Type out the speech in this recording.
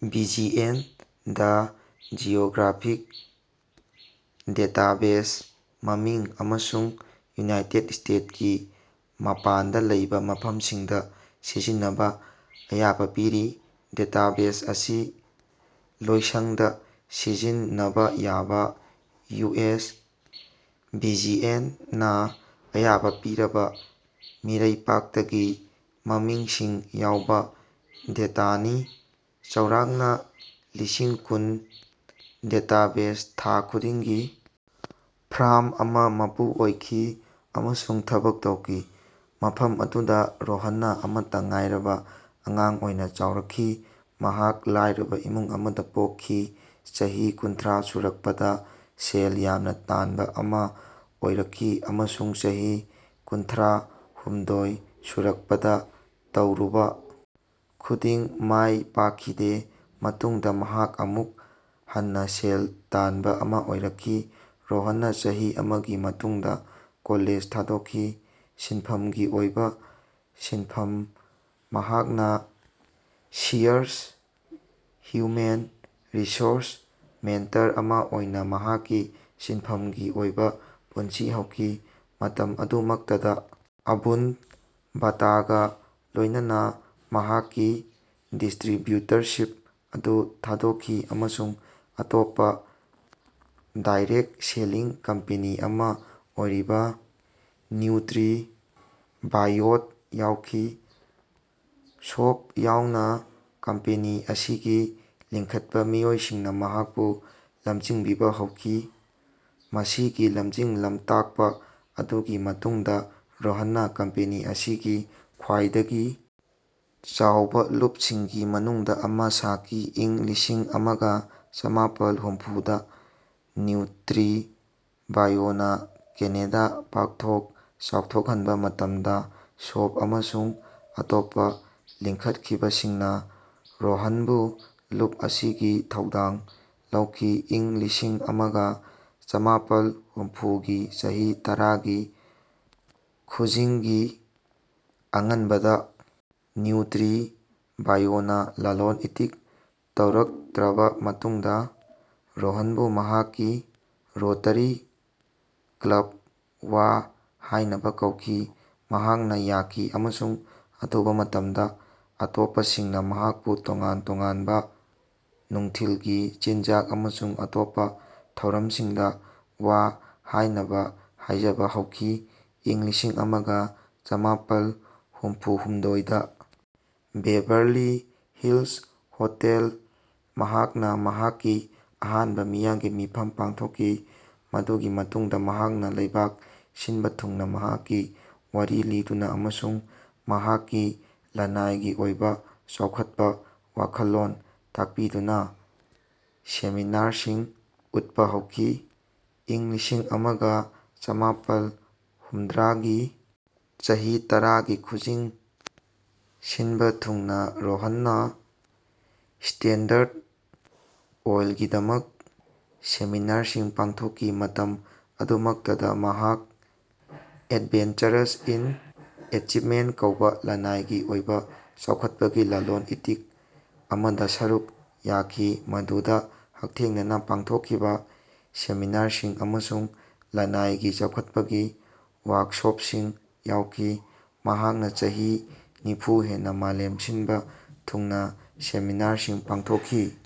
BGN the geographic database ꯃꯃꯤꯡ ꯑꯃꯁꯨꯡ united ꯁ꯭ꯇꯦꯠꯁꯀꯤ ꯃꯄꯥꯟꯗ ꯂꯩꯕ ꯃꯐꯝꯁꯤꯡꯗ ꯁꯤꯖꯤꯟꯅꯕ ꯑꯌꯥꯕ ꯄꯤꯔꯤ꯫ ꯗꯇꯥꯕꯦꯁ ꯑꯁꯤ ꯂꯣꯏꯁꯪꯗ ꯁꯤꯖꯤꯟꯅꯕ ꯌꯥꯕ ꯌꯨꯑꯦꯁ ꯕꯤꯖꯤꯑꯦꯟ ꯅ ꯑꯌꯥꯕ ꯄꯤꯔꯕ ꯃꯤꯔꯩꯄꯥꯛꯇꯒꯤ ꯃꯃꯤꯡꯁꯤꯡ ꯌꯥꯎꯕ ꯗꯥꯇꯥꯅꯤ꯫ ꯆꯧꯔꯥꯛꯅ ꯂꯤꯁꯤꯡꯀꯨꯟ ꯗꯥꯇꯥꯕꯦꯁ ꯊꯥ ꯈꯨꯗꯤꯡꯒꯤ ꯐꯥꯔ꯭ꯝ ꯑꯃ ꯃꯄꯨ ꯑꯣꯏꯈꯤ ꯑꯃꯁꯨꯡ ꯊꯕꯛ ꯇꯧꯈꯤ꯫ ꯃꯐꯝ ꯑꯗꯨꯗ ꯔꯣꯍꯟꯅ ꯑꯃꯠꯇ ꯉꯥꯏꯔꯕ ꯑꯉꯥꯡ ꯑꯣꯏꯅ ꯆꯥꯎꯔꯛꯈꯤ꯫ ꯃꯍꯥꯛ ꯂꯥꯏꯔꯕ ꯏꯃꯨꯡ ꯑꯃꯗ ꯄꯣꯛꯈꯤ, ꯆꯍꯤ ꯀꯨꯟꯊ꯭ꯔꯥ ꯁꯨꯔꯛꯄꯗ ꯁꯦꯜ ꯌꯥꯝꯅ ꯇꯥꯟꯕ ꯑꯃ ꯑꯣꯏꯔꯛꯈꯤ, ꯑꯃꯁꯨꯡ ꯆꯍꯤ ꯀꯨꯟꯊ꯭ꯔꯥꯍꯨꯝꯗꯣꯏ ꯁꯨꯔꯛꯄꯗ ꯇꯧꯔꯨꯕ ꯈꯨꯗꯤꯡ ꯃꯥꯏꯄꯥꯛꯈꯤꯗꯦ꯫ ꯃꯇꯨꯡꯗ ꯃꯍꯥꯛ ꯑꯃꯨꯛ ꯍꯟꯅ ꯁꯦꯜ ꯇꯥꯟꯕ ꯑꯃ ꯑꯣꯏꯔꯛꯈꯤ꯫ ꯔꯣꯍꯟꯅ ꯆꯍꯤ ꯑꯃꯒꯤ ꯃꯇꯨꯡꯗ ꯀꯣꯂꯦꯖ ꯊꯥꯗꯣꯛꯈꯤ꯫ ꯁꯤꯟꯐꯝꯒꯤ ꯑꯣꯏꯕ ꯁꯤꯟꯐꯝ ꯃꯍꯥꯛꯅ ꯁꯤꯌꯔꯁ ꯍ꯭ꯌꯨꯃꯦꯟ ꯔꯤꯁꯣꯔꯁ ꯃꯦꯟꯇꯔ ꯑꯃ ꯑꯣꯏꯅ ꯃꯍꯥꯛꯀꯤ ꯁꯤꯟꯐꯝꯒꯤ ꯑꯣꯏꯕ ꯄꯨꯟꯁꯤ ꯍꯧꯈꯤ꯫ ꯃꯇꯝ ꯑꯗꯨꯃꯛꯇꯗ, ꯑꯕꯨꯟꯗ ꯚꯤꯇꯥꯒ ꯂꯣꯏꯅꯅ ꯃꯍꯥꯛꯀꯤ ꯗꯤꯁꯇ꯭ꯔꯤꯕ꯭ꯌꯨꯇꯔꯁꯤꯞ ꯑꯗꯨ ꯊꯥꯗꯣꯛꯈꯤ ꯑꯃꯁꯨꯡ ꯑꯇꯣꯞꯄ ꯗꯥꯏꯔꯦꯛꯠ ꯁꯦꯂꯤꯡ ꯀꯝꯄꯅꯤ ꯑꯃ ꯑꯣꯏꯔꯤꯕ ꯅ꯭ꯌꯨꯇ꯭ꯔꯤ-ꯕꯥꯏꯌꯣꯗ ꯌꯥꯎꯈꯤ꯫ ꯁꯣꯐ ꯌꯥꯎꯅ ꯀꯝꯄꯅꯤ ꯑꯁꯤꯒꯤ ꯂꯤꯡꯈꯠꯄ ꯃꯤꯑꯣꯏꯁꯤꯡꯅ ꯃꯍꯥꯛꯄꯨ ꯂꯝꯖꯤꯡꯕꯤꯕ ꯍꯧꯈꯤ꯫ ꯃꯁꯤꯒꯤ ꯂꯝꯖꯤꯡ-ꯂꯝꯇꯥꯛꯄ ꯑꯗꯨꯒꯤ ꯃꯇꯨꯡꯗ ꯔꯣꯍꯟꯅ ꯀꯝꯄꯅꯤ ꯑꯁꯤꯒꯤ ꯈ꯭ꯋꯥꯏꯗꯒꯤ ꯆꯥꯎꯕ ꯂꯨꯞꯁꯤꯡꯒꯤ ꯃꯅꯨꯡꯗ ꯑꯃ ꯁꯥꯈꯤ꯫ ꯏꯪ ꯂꯤꯁꯤꯡ ꯑꯃꯒ ꯆꯃꯥꯄꯜ ꯍꯨꯝꯐꯨꯗ ꯅ꯭ꯌꯨꯇ꯭ꯔꯤ-ꯕꯥꯏꯌꯣꯅ ꯀꯦꯅꯗꯥ ꯄꯥꯛꯊꯣꯛ ꯆꯥꯎꯊꯣꯛꯍꯟꯕ ꯃꯇꯝꯗ ꯁꯣꯐ ꯑꯃꯁꯨꯡ ꯑꯇꯣꯞꯄ ꯂꯤꯡꯈꯠꯈꯤꯕꯁꯤꯡꯅ ꯔꯣꯍꯟꯕꯨ ꯂꯨꯞ ꯑꯁꯤꯒꯤ ꯊꯧꯗꯥꯡ ꯂꯧꯈꯤ꯫ ꯏꯪ ꯂꯤꯁꯤꯡ ꯑꯃꯒ ꯆꯃꯥꯄꯜ ꯍꯨꯝꯐꯨꯒꯤ ꯆꯍꯤ ꯇꯔꯥꯒꯤ ꯈꯨꯖꯤꯡꯒꯤ ꯑꯉꯟꯕꯗ ꯅ꯭ꯌꯨꯇ꯭ꯔꯤ-ꯕꯥꯏꯌꯣꯅ ꯂꯂꯣꯟ-ꯏꯇꯤꯛ ꯇꯧꯔꯛꯇ꯭ꯔꯕ ꯃꯇꯨꯡꯗ ꯔꯣꯍꯟꯕꯨ ꯃꯍꯥꯛꯀꯤ ꯔꯣꯇꯔꯤ ꯀ꯭ꯂꯕ ꯋꯥ ꯍꯥꯏꯅꯕ ꯀꯧꯈꯤ꯫ ꯃꯍꯥꯛꯅ ꯌꯥꯈꯤ, ꯑꯃꯁꯨꯡ ꯑꯊꯨꯕ ꯃꯇꯝꯗ ꯑꯇꯣꯞꯄꯁꯤꯡꯅ ꯃꯍꯥꯛꯄꯨ ꯇꯣꯉꯥꯟ-ꯇꯣꯉꯥꯟꯕ ꯅꯨꯡꯊꯤꯜꯒꯤ ꯆꯤꯟꯖꯥꯛ ꯑꯃꯁꯨꯡ ꯑꯇꯣꯞꯄ ꯊꯧꯔꯝꯁꯤꯡꯗ ꯋꯥ ꯍꯥꯏꯅꯕ ꯍꯥꯏꯖꯕ ꯍꯧꯈꯤ꯫ ꯏꯪ ꯂꯤꯁꯤꯡ ꯑꯃꯒ ꯆꯃꯥꯄꯜ ꯍꯨꯝꯐꯨꯍꯨꯝꯗꯣꯏꯗ ꯕꯦꯕꯔꯂꯤ ꯍꯤꯜꯁ ꯍꯣꯇꯦꯜ ꯃꯍꯥꯛꯅ ꯃꯍꯥꯛꯀꯤ ꯑꯍꯥꯟꯕ ꯃꯤꯌꯥꯝꯒꯤ ꯃꯤꯐꯝ ꯄꯥꯡꯊꯣꯛꯈꯤ꯫ ꯃꯗꯨꯒꯤ ꯃꯇꯨꯡꯗ ꯃꯍꯥꯛꯅ ꯂꯩꯕꯥꯛ ꯁꯤꯟꯕ ꯊꯨꯡꯅ ꯃꯍꯥꯛꯀꯤ ꯋꯥꯔꯤ ꯂꯤꯗꯨꯅ ꯑꯃꯁꯨꯡ ꯃꯍꯥꯛꯀꯤ ꯂꯅꯥꯏꯒꯤ ꯑꯣꯏꯕ ꯆꯥꯎꯈꯠꯄ ꯋꯥꯈꯜꯂꯣꯟ ꯇꯥꯛꯄꯤꯗꯨꯅ ꯁꯦꯃꯤꯅꯥꯔꯁꯤꯡ ꯎꯠꯄ ꯍꯧꯈꯤ꯫ ꯏꯪ ꯂꯤꯁꯤꯡ ꯑꯃꯒ ꯆꯃꯥꯄꯜ ꯍꯨꯝꯗ꯭ꯔꯥꯒꯤ ꯆꯍꯤ ꯇꯔꯥꯒꯤ ꯈꯨꯖꯤꯡ ꯁꯤꯟꯕ ꯊꯨꯡꯅ ꯔꯣꯍꯟꯅ ꯁ꯭ꯇꯦꯟꯗ꯭ꯔꯠ ꯑꯣꯏꯜꯒꯤꯗꯃꯛ ꯁꯦꯃꯤꯅꯥꯔꯁꯤꯡ ꯄꯥꯡꯊꯣꯛꯈꯤ꯫ ꯃꯇꯝ ꯑꯗꯨꯃꯛꯇꯗ ꯃꯍꯥꯛꯅ ꯑꯦꯗꯚꯦꯟꯆꯔꯁ ꯏꯟ ꯑꯦꯆꯤꯚꯃꯦꯟꯠ ꯀꯧꯕ ꯂꯅꯥꯏꯒꯤ ꯑꯣꯏꯕ ꯆꯥꯎꯈꯠꯄꯒꯤ ꯂꯂꯣꯟ-ꯏꯇꯤꯛ ꯑꯃꯗ ꯁꯔꯨꯛ ꯌꯥꯈꯤ, ꯃꯗꯨꯗ ꯍꯛꯊꯦꯡꯅꯅ ꯄꯥꯡꯊꯣꯛꯈꯤꯕ ꯁꯦꯃꯤꯅꯥꯔꯁꯤꯡ ꯑꯃꯁꯨꯡ ꯂꯅꯥꯏꯒꯤ ꯆꯥꯎꯈꯠꯄꯒꯤ ꯋꯥꯔꯛꯁꯣꯞꯁꯤꯡ ꯌꯥꯎꯈꯤ꯫ ꯃꯍꯥꯛꯅ ꯆꯍꯤ ꯅꯤꯐꯨ ꯍꯦꯟꯅ ꯃꯥꯂꯦꯝ ꯁꯤꯟꯕ ꯊꯨꯡꯅ ꯁꯦꯃꯤꯅꯥꯔꯁꯤꯡ ꯄꯥꯡꯊꯣꯛꯈꯤ꯫